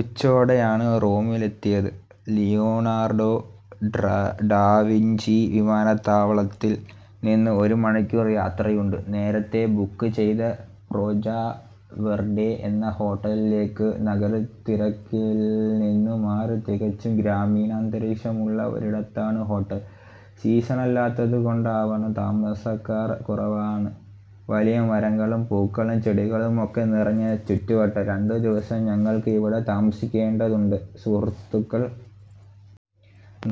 ഉച്ചയോടെയാണ് റോമിലെത്തിയത്. ലിയോണാർഡോ ട്രഡാവിഞ്ചി വിമാനത്താവളത്തിൽ നിന്ന് ഒരുമണിക്കൂർ യാത്രയുണ്ട് നേരത്തേ ബുക്ക് ചെയ്ത പോജ്ജാ വെർഡെ എന്ന ഹോട്ടലിലേക്ക്. നഗരത്തിരക്കിൽനിന്ന് മാറി തികച്ചും ഗ്രാമീണാന്തരീക്ഷമുള്ള ഒരിടത്താണ് ഹോട്ടൽ. സീസണല്ലാത്തതുകൊണ്ടാവണം താമസക്കാർ കുറവാണ്. വലിയ മരങ്ങളും പൂക്കളും ചെടികളുമൊക്കെ നിറഞ്ഞ ചുറ്റുവട്ടം. രണ്ടുദിവസം ഞങ്ങൾക്ക് ഇവിടെ താമസിക്കേണ്ടതുണ്ട്. സുഹൃത്തുക്കൾ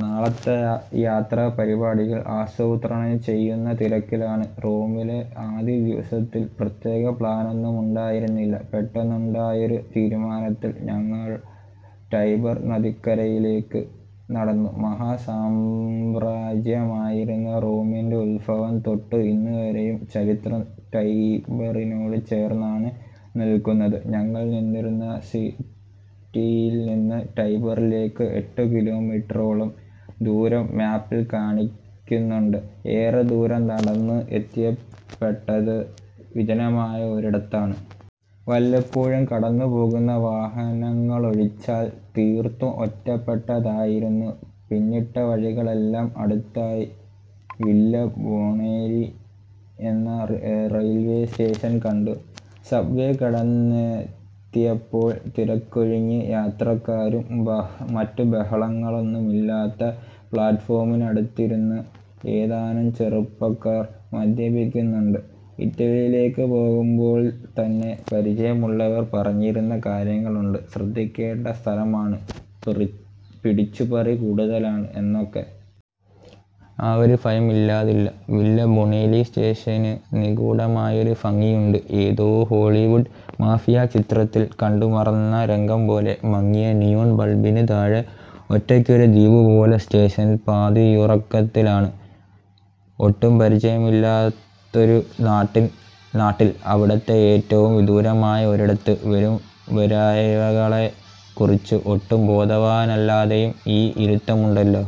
നാളത്തെ യാത്രാപരിപാടികൾ ആസൂത്രണം ചെയ്യുന്ന തിരക്കിലാണ്. റോമിലെ ആദ്യദിവസത്തിൽ പ്രത്യേക പ്ലാനൊന്നുമുണ്ടായിരുന്നില്ല. പെട്ടെന്നുണ്ടായൊരു തീരുമാനത്തിൽ ഞങ്ങൾ ടൈബർ നദിക്കരയിലേക്ക് നടന്നു. മഹാസാമ്രാജ്യമായിരുന്ന റോമിൻ്റെ ഉദ്ഭവംതൊട്ട് ഇന്നുവരെയുള്ള ചരിത്രം ടൈബറിനോട് ചേർന്നാണ് നിൽക്കുന്നത്. ഞങ്ങൾ നിന്നിരുന്ന സീറ്റിൽ നിന്ന് ടൈബറിലേക്ക് എട്ടുകിലോമീറ്ററോളം ദൂരം മാപ്പിൽ കാണിക്കുന്നുണ്ട്. ഏറെ ദൂരം നടന്ന് എത്തിപ്പെട്ടത് വിജനമായ ഒരിടത്താണ്. വല്ലപ്പോഴും കടന്നുപോകുന്ന വാഹനങ്ങളൊഴിച്ചാൽ തീർത്തും ഒറ്റപ്പെട്ടതായിരുന്നു പിന്നിട്ട വഴികളെല്ലാം. അടുത്തായി വില്ല ബൊണേലി എന്ന റെയിൽവേ സ്റ്റേഷൻ കണ്ടു. സബ് വേ കടന്നെത്തിയപ്പോൾ തിരക്കൊഴിഞ്ഞ് യാത്രക്കാരും മറ്റു ബഹളങ്ങളുമൊന്നുമില്ലാത്ത പ്ലാറ്റ്ഫോമിനടുത്തിരുന്ന് ഏതാനും ചെറുപ്പക്കാർ മദ്യപിക്കുന്നുണ്ട്. ഇറ്റലിയിലേക്ക് പോകുമ്പോൾതന്നെ പരിചയമുള്ളവർ പറഞ്ഞിരുന്ന കാര്യങ്ങളുണ്ട്. ശ്രദ്ധിക്കേണ്ട സ്ഥലമാണ്, പിടിച്ചുപറി കൂടുതലാണ് എന്നൊക്കെ. ആ ഒരു ഭയം ഇല്ലാതില്ല. വില്ല ബൊണേലി സ്റ്റേഷന് നിഗൂഢമായൊരു ഭംഗിയുണ്ട്. ഏതോ ഹോളിവുഡ് മാഫിയാ ചിത്രത്തിൽ കണ്ടുമറന്ന രംഗംപോലെ. മങ്ങിയ നിയോൺ ബൾബിന് താഴെ ഒറ്റയ്ക്കൊരു ദ്വീപുപോലെ സ്റ്റേഷൻ പാതിയുറക്കത്തിലാണ്. ഒട്ടും പരിചയമില്ലാത്തൊരു നാട്ടിൽ നാട്ടിൽ, അവിടത്തെ ഏറ്റവും വിദൂരമായ ഒരിടത്ത്, വരുംവരായ്കകളെക്കുറിച്ച് ഒട്ടും ബോധവാനല്ലാതെയുള്ള ഈ ഇരുത്തമുണ്ടല്ലോ.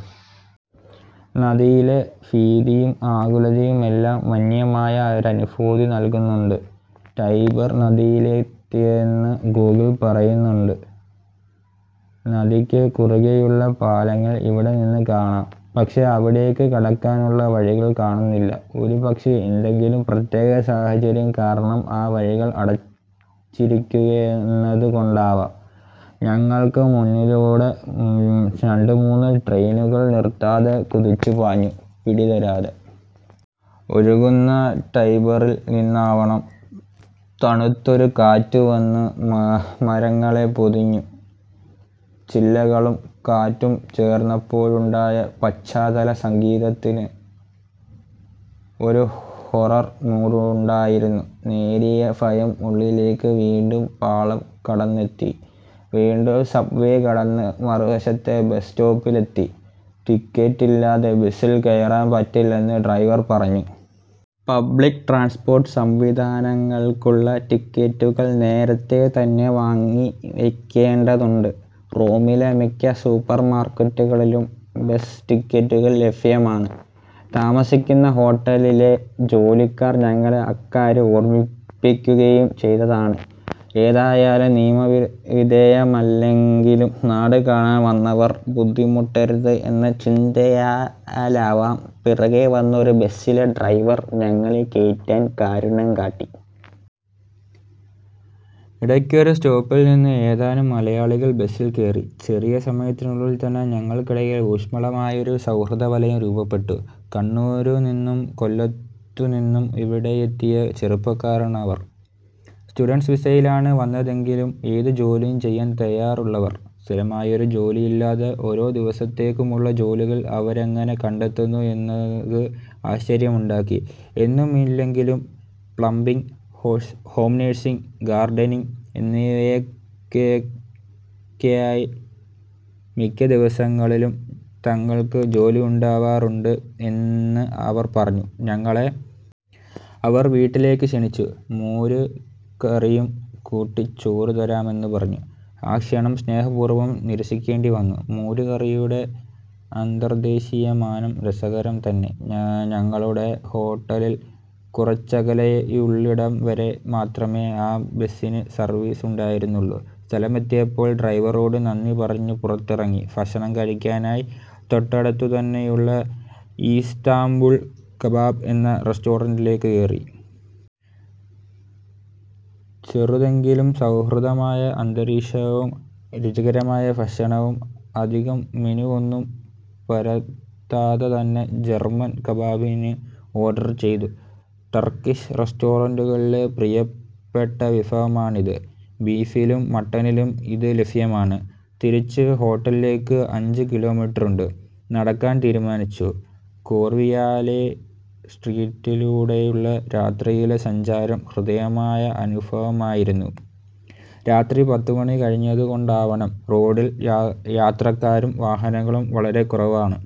അതിലെ ഭീതിയും ആകുലതയുമെല്ലാം വന്യമായ ഒരനുഭൂതി നൽകുന്നുണ്ട്. ടൈബർ നദിയിലെത്തിയെന്ന് ഗൂഗിൾ പറയുന്നുണ്ട്. നദിക്ക് കുറുകെയുള്ള പാലങ്ങൾ ഇവിടെനിന്ന് കാണാം. പക്ഷേ അവിടേക്ക് കടക്കാനുള്ള വഴികൾ കാണുന്നില്ല. ഒരുപക്ഷേ എന്തെങ്കിലും പ്രത്യേക സാഹചര്യം കാരണം ആ വഴികൾ അടച്ചിരിക്കുന്നതുകൊണ്ടാവാം. ഞങ്ങൾക്ക് മുന്നിലൂടെ രണ്ടുമൂന്ന് ട്രെയിനുകൾ നിർത്താതെ കുതിച്ചുപാഞ്ഞു. പിടിതരാതെ ഒഴുകുന്ന ടൈബറിൽ നിന്നാവണം തണുത്തൊരു കാറ്റ് വന്ന് മരങ്ങളെ പൊതിഞ്ഞു. ചില്ലകളും കാറ്റും ചേർന്നപ്പോഴുണ്ടായ പശ്ചാത്തലസംഗീതത്തിന് ഒരു ഹൊറർ മൂഡുണ്ടായിരുന്നു. നേരിയ ഭയം ഉള്ളിലേക്ക് വീണ്ടും പാളം കടന്നെത്തി. വീണ്ടും സബ് വേ കടന്ന് മറുവശത്തെ ബസ് സ്റ്റോപ്പിലെത്തി. ടിക്കറ്റില്ലാതെ ബസിൽ കയറാൻ പറ്റില്ലെന്ന് ഡ്രൈവർ പറഞ്ഞു. പബ്ലിക് ട്രാൻസ്പോർട്ട് സംവിധാനങ്ങൾക്കുള്ള ടിക്കറ്റുകൾ നേരത്തേതന്നെ വാങ്ങിവെക്കേണ്ടതുണ്ട്. റോമിലെ മിക്ക സൂപ്പർമാർക്കറ്റുകളിലും ബസ് ടിക്കറ്റുകൾ ലഭ്യമാണ്. താമസിക്കുന്ന ഹോട്ടലിലെ ജോലിക്കാർ ഞങ്ങളെ അക്കാര്യം ഓർമിപ്പിക്കുകയും ചെയ്തതാണ്. ഏതായാലും നിയമവിധേയമല്ലെങ്കിലും നാട് കാണാൻ വന്നവർ ബുദ്ധിമുട്ടരുത് എന്ന ചിന്തയാലാവാം, പിറകെ വന്നൊരു ബസിലെ ഡ്രൈവർ ഞങ്ങളെ കയറ്റാൻ കാരുണ്യം കാട്ടി. ഇടയ്ക്കൊരു സ്റ്റോപ്പിൽനിന്ന് ഏതാനും മലയാളികൾ ബസിൽ കയറി. ചെറിയ സമയത്തിനുള്ളിൽതന്നെ ഞങ്ങൾക്കിടയിൽ ഊഷ്മളമായൊരു സൗഹൃദവലയം രൂപപ്പെട്ടു. കണ്ണൂരുനിന്നും കൊല്ലത്തുനിന്നും ഇവിടെയെത്തിയ ചെറുപ്പക്കാരാണവർ. സ്റ്റുഡന്റ്സ് വിസയിലാണ് വന്നതെങ്കിലും ഏത് ജോലിയും ചെയ്യാൻ തയ്യാറുള്ളവർ. സ്ഥിരമായൊരു ജോലിയില്ലാതെ ഓരോ ദിവസത്തേക്കുമുള്ള ജോലികൾ അവരെങ്ങനെ കണ്ടെത്തുന്നു എന്നത് ആശ്ചര്യമുണ്ടാക്കി. എന്നുമില്ലെങ്കിലും പ്ലംബിങ്, ഹോം നഴ്സിങ്, ഗാർഡനിങ് എന്നിവയൊക്കെയായി മിക്ക ദിവസങ്ങളിലും തങ്ങൾക്ക് ജോലിയുണ്ടാവാറുണ്ട് എന്ന് അവർ പറഞ്ഞു. ഞങ്ങളെ അവർ വീട്ടിലേക്ക് ക്ഷണിച്ചു. മോര് കറിയും കൂട്ടി ചോറ് തരാമെന്ന് പറഞ്ഞു. ആ ക്ഷണം സ്നേഹപൂർവം നിരസിക്കേണ്ടിവന്നു. മോര് കറിയുടെ അന്തർദേശീയ മാനം രസകരം തന്നെ. ഞങ്ങളുടെ ഹോട്ടലിന് കുറച്ചകലെയുള്ളിടംവരെ മാത്രമേ ആ ബസിന് സർവീസ് ഉണ്ടായിരുന്നുള്ളൂ. സ്ഥലമെത്തിയപ്പോൾ ഡ്രൈവറോട് നന്ദി പറഞ്ഞ് പുറത്തിറങ്ങി. ഭക്ഷണം കഴിക്കാനായി തൊട്ടടുത്തുതന്നെയുള്ള ഈസ്താംബുൾ കബാബ് എന്ന റെസ്റ്റോറന്റിലേക്ക് കയറി. ചെറുതെങ്കിലും ഹൃദ്യമായ അന്തരീക്ഷവും രുചികരമായ ഭക്ഷണവും. അധികം മെനുവൊന്നും പരതാതെതന്നെ ജർമൻ കബാബിന് ഓർഡർ ചെയ്തു. ടർക്കിഷ് റെസ്റ്റോറന്റുകളിലെ പ്രിയപ്പെട്ട വിഭവമാണിത്. ബീഫിലും മട്ടനിലും ഇത് ലഭ്യമാണ്. തിരിച്ച് ഹോട്ടലിലേക്ക് അഞ്ച് കിലോമീറ്ററുണ്ട്. നടക്കാൻ തീരുമാനിച്ചു. കോർവിയാലേ സ്ട്രീറ്റിലൂടെയുള്ള രാത്രിയിലെ സഞ്ചാരം ഹൃദ്യമായ അനുഭവമായിരുന്നു. രാത്രി പത്തുമണി കഴിഞ്ഞതുകൊണ്ടാവണം, റോഡിൽ യാത്രക്കാരും വാഹനങ്ങളും വളരെക്കുറവാണ്.